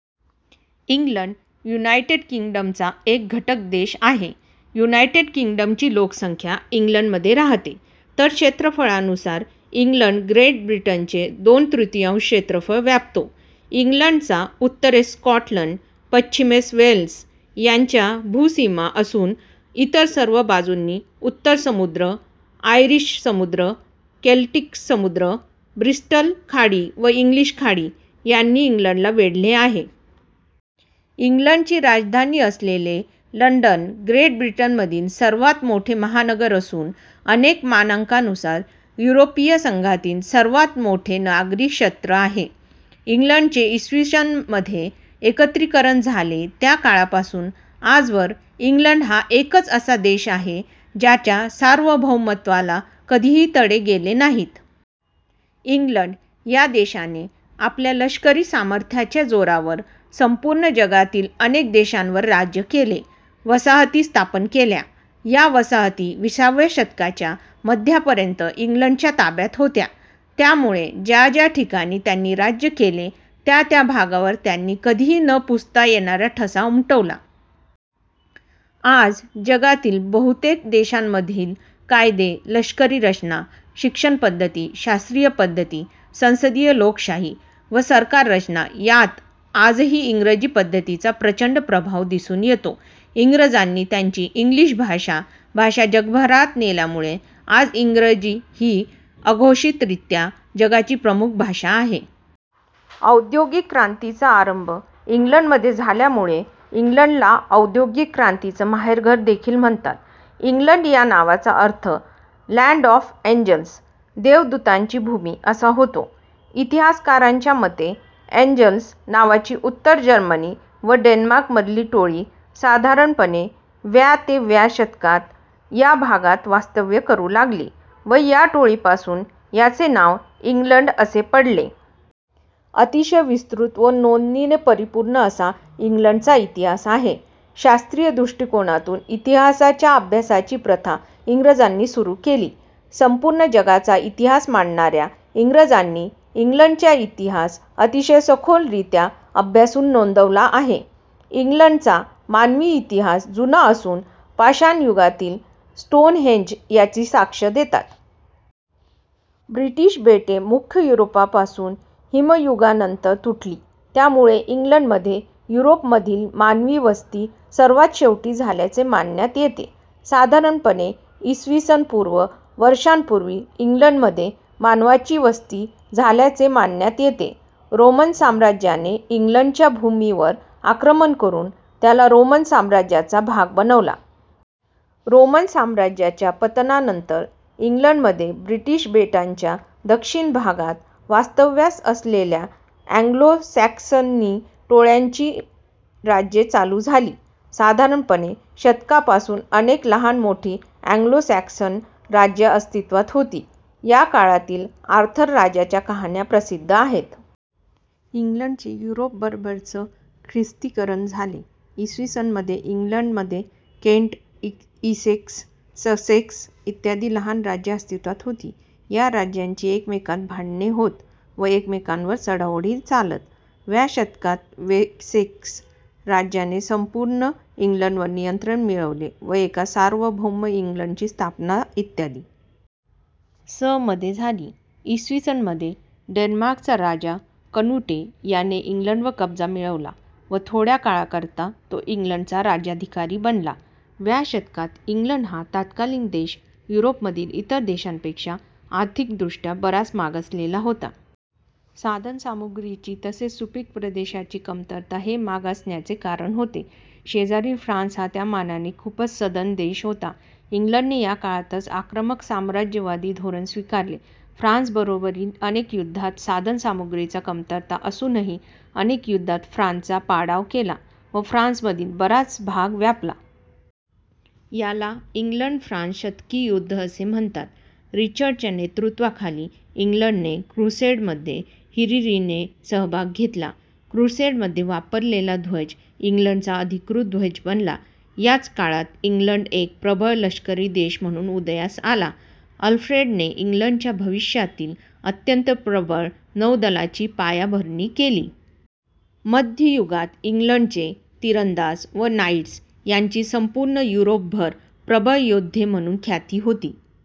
England United किंग्डमचा एक घटकदेश आहे. युनायटेड किंग्डमची लोकसंख्या इंग्लंडमध्ये राहते; तर क्षेत्रफळानुसार इंग्लंड ग्रेट ब्रिटनचे दोन तृतीयांश क्षेत्रफळ व्यापतो. इंग्लंडच्या उत्तरेस स्कॉटलंड, पश्चिमेस वेल्स यांच्या भूसीमा असून इतर सर्व बाजूंनी उत्तर समुद्र, आयरिश समुद्र, केल्टिक समुद्र, ब्रिस्टल खाडी व इंग्लिश खाडी यांनी इंग्लंडला वेढले आहे. इंग्लंडची राजधानी असलेले लंडन ग्रेट ब्रिटनमधील सर्वात मोठे महानगर असून अनेक मानकांनुसार युरोपीय संघातील सर्वात मोठे नागरी क्षेत्र आहे. इंग्लंडचे इ. स. मध्ये एकत्रीकरण झाले त्या काळापासून आजवर इंग्लंड हा एकच असा देश आहे ज्याच्या सार्वभौमत्वाला कधीही तडे गेले नाहीत. इंग्लंड या देशाने आपल्या लष्करी सामर्थ्याच्या जोरावर संपूर्ण जगातील अनेक देशांवर राज्य केले, वसाहती स्थापन केल्या. या वसाहती विसाव्या शतकाच्या मध्यापर्यंत इंग्लंडच्या ताब्यात होत्या. त्यामुळे ज्या ज्या ठिकाणी त्यांनी राज्य केले त्या त्या भागावर त्यांनी कधीही न पुसता येणारा ठसा उमटवला. आज जगातील बहुतेक देशांमधील कायदे, लष्करी रचना, शिक्षण पद्धति, शास्त्रीय पद्धति, संसदीय लोकशाही व सरकार रचना यांत आजही इंग्रजी पद्धतिीचा प्रचंड प्रभाव दिसून येतो. इंग्रजांनी त्यांची इंग्लिश भाषा भाषा जगभरात नेल्यामुळे आज इंग्रजी ही अघोषितरित्या जगाची प्रमुख भाषा आहे. औद्योगिक क्रांतीचा आरंभ इंग्लंडमध्ये झाल्यामुळे इंग्लंडला औद्योगिक क्रांतीचे माहेरघर देखील म्हणतात. इंग्लंड या नावाचा अर्थ लँड ऑफ ॲंजेल्स. देवदूतांची भूमी असा होतो. इतिहासकारांच्या मते ॲंजेल्स नावाची उत्तर जर्मनी व डेन्मार्क मधील टोळी साधारणपणे व्या ते व्या शतकात या भागात वास्तव्य करू लागली व या टोळीपासून याचे नाव इंग्लंड असे पडले. अतिशय विस्तृत व नोंदींनी परिपूर्ण असा इंग्लंडचा इतिहास आहे. शास्त्रीय दृष्टिकोनातून इतिहासाच्या अभ्यासाची प्रथा इंग्रजांनी सुरू केली. संपूर्ण जगाचा इतिहास मांडणाऱ्या इंग्रजांनी इंग्लंडच्या इतिहास अतिशय सखोलरीत्या अभ्यासून नोंदवला आहे. इंग्लंडचा मानवी इतिहास जुना असून पाषाणयुगातील स्टोनहेंज याची साक्ष देतात. ब्रिटिश बेटे मुख्य युरोपापासून हिमयुगानंतर तुटली त्यामुळे इंग्लंडमध्ये युरोपमधील मानवी वस्ती सर्वात शेवटी झाल्याचे मानण्यात येते. साधारणपणे इ. स. पू. वर्षांपूर्वी इंग्लंडमध्ये मानवाची वसती झाल्याचे मानण्यात येते. रोमन साम्राज्याने इंग्लंडच्या भूमीवर आक्रमण करून त्याला रोमन साम्राज्याचा भाग बनवला. रोमन साम्राज्याच्या पतनानंतर इंग्लंडमध्ये ब्रिटिश बेटांच्या दक्षिण भागात वास्तव्यास असलेल्या ॲंग्लो सॅक्सनी टोळ्यांची राज्ये चालू झाली. साधारणपणे शतकापासून अनेक लहान मोठी ॲंग्लो सॅक्सन राज्ये अस्तित्त्वात होती. या काळातील आर्थर राजाच्या कहाण्या प्रसिद्ध आहेत. इंग्लंडचे युरोपबरोबरच ख्रिस्तीकरण झाले. इ. स. मध्ये इंग्लंडमध्ये केंट, इसेक्स, ससेक्स इत्यादी लहान राज्ये अस्तित्त्वात होती. या राज्यांची एकमेकात भांडणे होत व एकमेकांवर चढाओढी चालत. व्या शतकात वेसेक्स राज्याने संपूर्ण इंग्लंडवर नियंत्रण मिळवले व एका सार्वभौम इंग्लंडची स्थापना इ. स. मध्ये झाली. इ. स. मध्ये डेन्मार्कचा राजा कनुटे याने इंग्लंडवर कब्जा मिळवला व थोड्या काळाकरिता तो इंग्लंडचा राज्याधिकारी बनला. व्या शतकात इंग्लंड हा तत्कालीन देश युरोपमधील इतर देशांपेक्षा आर्थिकदृष्ट्या बराच मागसलेला होता. साधनसामुग्रीची तसेच सुपीक प्रदेशाची कमतरता हे मागासण्याचे कारण होते. शेजारील फ्रान्स हा त्यामानाने खूपच सधन देश होता. इंग्लंडने या काळातच आक्रमक साम्राज्यवादी धोरण स्वीकारले. फ्रान्स बरोबरील अनेक युद्धात साधन सामुग्रीची कमतरता असूनही अनेक युद्धात फ्रान्सचा पाडाव केला व फ्रान्समधील बराच भाग व्यापला. याला इंग्लंड फ्रान्स शतकी युद्ध असे म्हणतात. रिचर्डच्या नेतृत्वाखाली इंग्लंडने क्रुसेडमध्ये हिरीरीने सहभाग घेतला. क्रुसेडमध्ये वापरलेला ध्वज इंग्लंडचा अधिकृत ध्वज बनला. याच काळात इंग्लंड एक प्रबळ लष्करी देश म्हणून उदयास आला. अल्फ्रेडने इंग्लंडच्या भविष्यातील अत्यंत प्रबळ नौदलाची पायाभरणी केली. मध्ययुगात इंग्लंडचे तिरंदाज व नाईट्स यांची संपूर्ण युरोपभर प्रबळ योद्धे म्हणून ख्याती होती.